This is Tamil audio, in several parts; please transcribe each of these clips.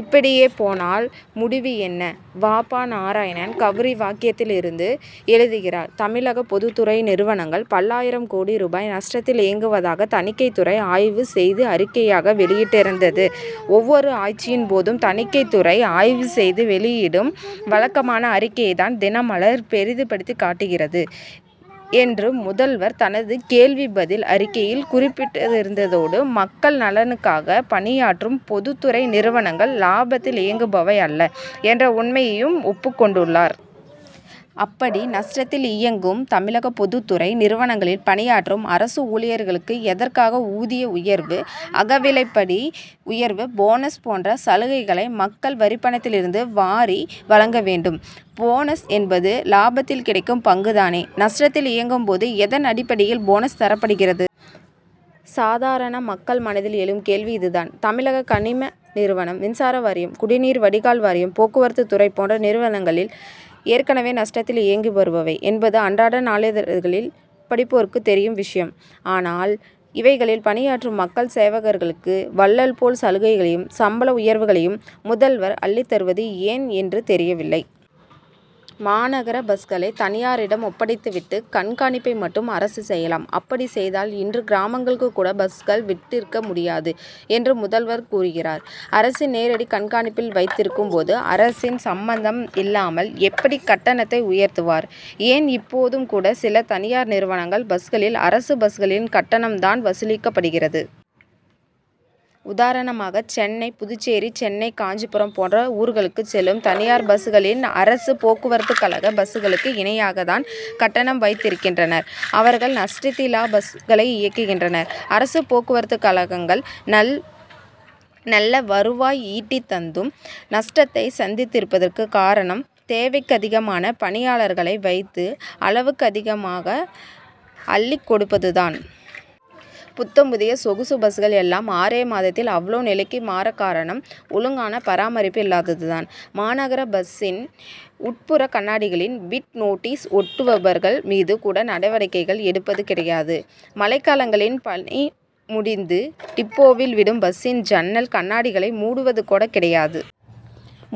இப்படியே போனால் முடிவு என்ன? வ. ப. நாராயணன், கவுரிவாக்கத்திலிருந்து எழுதுகிறார் தமிழக பொதுத்துறை நிறுவனங்கள், பல்லாயிரம் கோடி ரூபாய் நஷ்டத்தில் இயங்குவதாக, தணிக்கைத் துறை ஆய்வு செய்து அறிக்கையாக வெளியிட்டிருந்தது. ஒவ்வொரு ஆட்சியின் போதும், தணிக்கைத்துறை ஆய்வு செய்து வெளியிடும் வழக்கமான அறிக்கையைத் தான் தினமலர் பெரிதுபடுத்தி காட்டியிருக்கிறது' என்று, முதல்வர் தனது கேள்வி பதில் அறிக்கையில் குறிப்பிட்டிருந்ததோடு, மக்கள் நலனுக்காகப் பணியாற்றும் பொதுத்துறை நிறுவனங்கள் லாபத்தில் இயங்குபவை அல்ல' என்ற உண்மையையும் ஒப்புக் கொண்டுள்ளார். அப்படி நஷ்டத்தில் இயங்கும் தமிழக பொதுத்துறை நிறுவனங்களில் பணியாற்றும் அரசு ஊழியர்களுக்கு, எதற்காக ஊதிய உயர்வு, அகவிலைப்படி உயர்வு, போனஸ் போன்ற சலுகைகளை மக்கள் வரிப்பணத்திலிருந்து வாரி வழங்க வேண்டும்? போனஸ் என்பது, லாபத்தில் கிடைக்கும் பங்கு தானே. நஷ்டத்தில் இயங்கும் போது, எதன் அடிப்படையில் போனஸ் தரப்படுகிறது? சாதாரண மக்கள் மனதில் எழும் கேள்வி இதுதான். தமிழக கனிம நிறுவனம், மின்சார வாரியம், குடிநீர் வடிகால் வாரியம், போக்குவரத்துத் துறை போன்ற நிறுவனங்கள், ஏற்கனவே நஷ்டத்தில் இயங்கி வருபவை என்பது அன்றாடம் நாளிதழ்களை படிப்போருக்கு தெரிந்த விஷயம். ஆனால், இவைகளில் பணியாற்றும் மக்கள் சேவகர்களுக்கு, வள்ளல் போல் சலுகைகளையும், சம்பள உயர்வுகளையும் முதல்வர் அள்ளித் தருவது ஏன் என்று தெரியவில்லை. மாநகர பஸ்களை தனியாரிடம் ஒப்படைத்து விட்டு, கண்காணிப்பை மட்டும் அரசு செய்யலாம். அப்படிச் செய்தால், இன்று கிராமங்களுக்குக் கூட பஸ்கள் விட்டிருக்க முடியாது' என்றும் முதல்வர் கூறுகிறார். அரசின் நேரடி கண்காணிப்பில் வைத் திருக்கும் போது, அரசின் சம்மதம் இல்லாமல் எப்படி கட்டணத்தை உயர்த்துவர்? ஏன், இப்போதும் கூட சில தனியார் நிறுவன பஸ்களில், அரசு பஸ்களின் கட்டணம் தான் வசூலிக்கப்படுகிறது. உதாரணமாக, சென்னை புதுச்சேரி, சென்னை காஞ்சிபுரம் போன்ற ஊர்களுக்குச் செல்லும் தனியார் பஸ்களில், அரசு போக்குவரத்துக்கழக பஸ்களுக்கு இணையாகத் தான் கட்டணம் வைத்திருக்கின்றனர். அவர்கள் நஷ்டத்திலா பஸ்களை இயக்குகின்றனர்? அரசு போக்குவரத்துக் கழகங்கள் நல்ல வருவாய் ஈட்டித் தந்தும், நஷ்டத்தை சந்திப்பதற்குக் காரணம், தேவைக்கதிகமான பணியாளர்களை வைத்து, அளவுக்கதிகமாக அள்ளிக் கொடுப்பது தான். புத்தம் புதிய சொகுசு பஸ்கள் எல்லாம், ஆறே மாதத்தில் அவல நிலைக்கு மாறக்காரணம், ஒழுங்கான பராமரிப்பு இல்லாதது தான். மாநகர பஸ்சின் உட்புற கண்ணாடிகளில், பிட் நோட்டீஸ்' ஒட்டுபவர்கள் மீது கூட நடவடிக்கை எடுப்பது கிடையாது. மழைக்காலங்களில் பணி முடிந்து டிப்போவில் விடும் பஸ்சின் ஜன்னல் கண்ணாடிகளை மூடுவது கூட கிடையாது.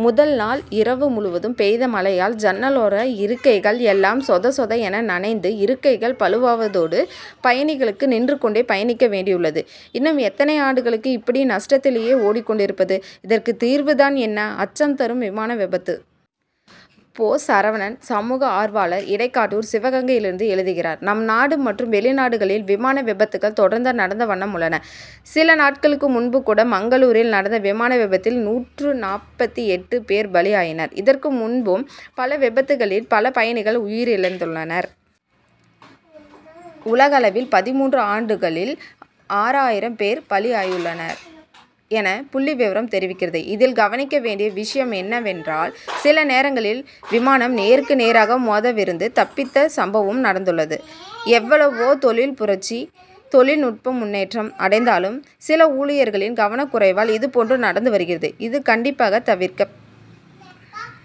முதல் நாள் இரவு முழுவதும் பெய்த மழையால், ஜன்னலோர இருக்கைகள் எல்லாம் சொத சொத என நனைந்து, இருக்கைகள் பாழாவதோடு, பயணிகளும் நின்று கொண்டே பயணிக்க வேண்டியுள்ளது. இன்னும் எத்தனை ஆண்டுகளுக்கு இப்படி நஷ்டத்திலேயே ஓடிக் கொண் டிருப்பது? இதற்கு தீர்வு தான் என்ன? அச்சம் தரும் விமான விபத்து! போ. சரவணன், சமூக ஆர்வலர், இடைக்காட்டூர், சிவகங்கையிலிருந்து எழுதுகிறார் நம் நாடு மற்றும் வெளிநாடுகளிலும் விமான விபத்துகள் தொடர்ந்து நடந்த வண்ணம் உள்ளன. சில நாட்களுக்கு முன் கூட, மங்களூரில் நடந்த விமான விபத்தில், நூற்று நாற்பத்து எட்டு பேர் பலி ஆயினர். இதற்கு முன்பும் பல விபத்துகளில், பல பயணிகள் உயிரிழந்துள்ளனர். உலக அளவில், பதின்மூன்று ஆண்டுகளில், ஆறாயிரம் பேர் பலி ஆயுள்ளனர் என புள்ளி விவரம் தெரிவிக்கிறது. இதில் கவனிக்க வேண் டிய விஷயம் என்னவென்றால், சில நேரங்களில், விமானம் வானில் நேருக்கு நேராக மோதவிருந்து, தப் பித்த சம்பவமும் நடந் துள்ளது. எவ் வளவோ தொழில் புரட்சி, தொழில் நுட்ப முன் னேற்றம் அடைந் தாலும், சில ஊழியர்களின் கவனக் குறைவால், இதுபோன்று நடந்து வருகிறது. இது கண்டிப்பாக தவிர்க்கப்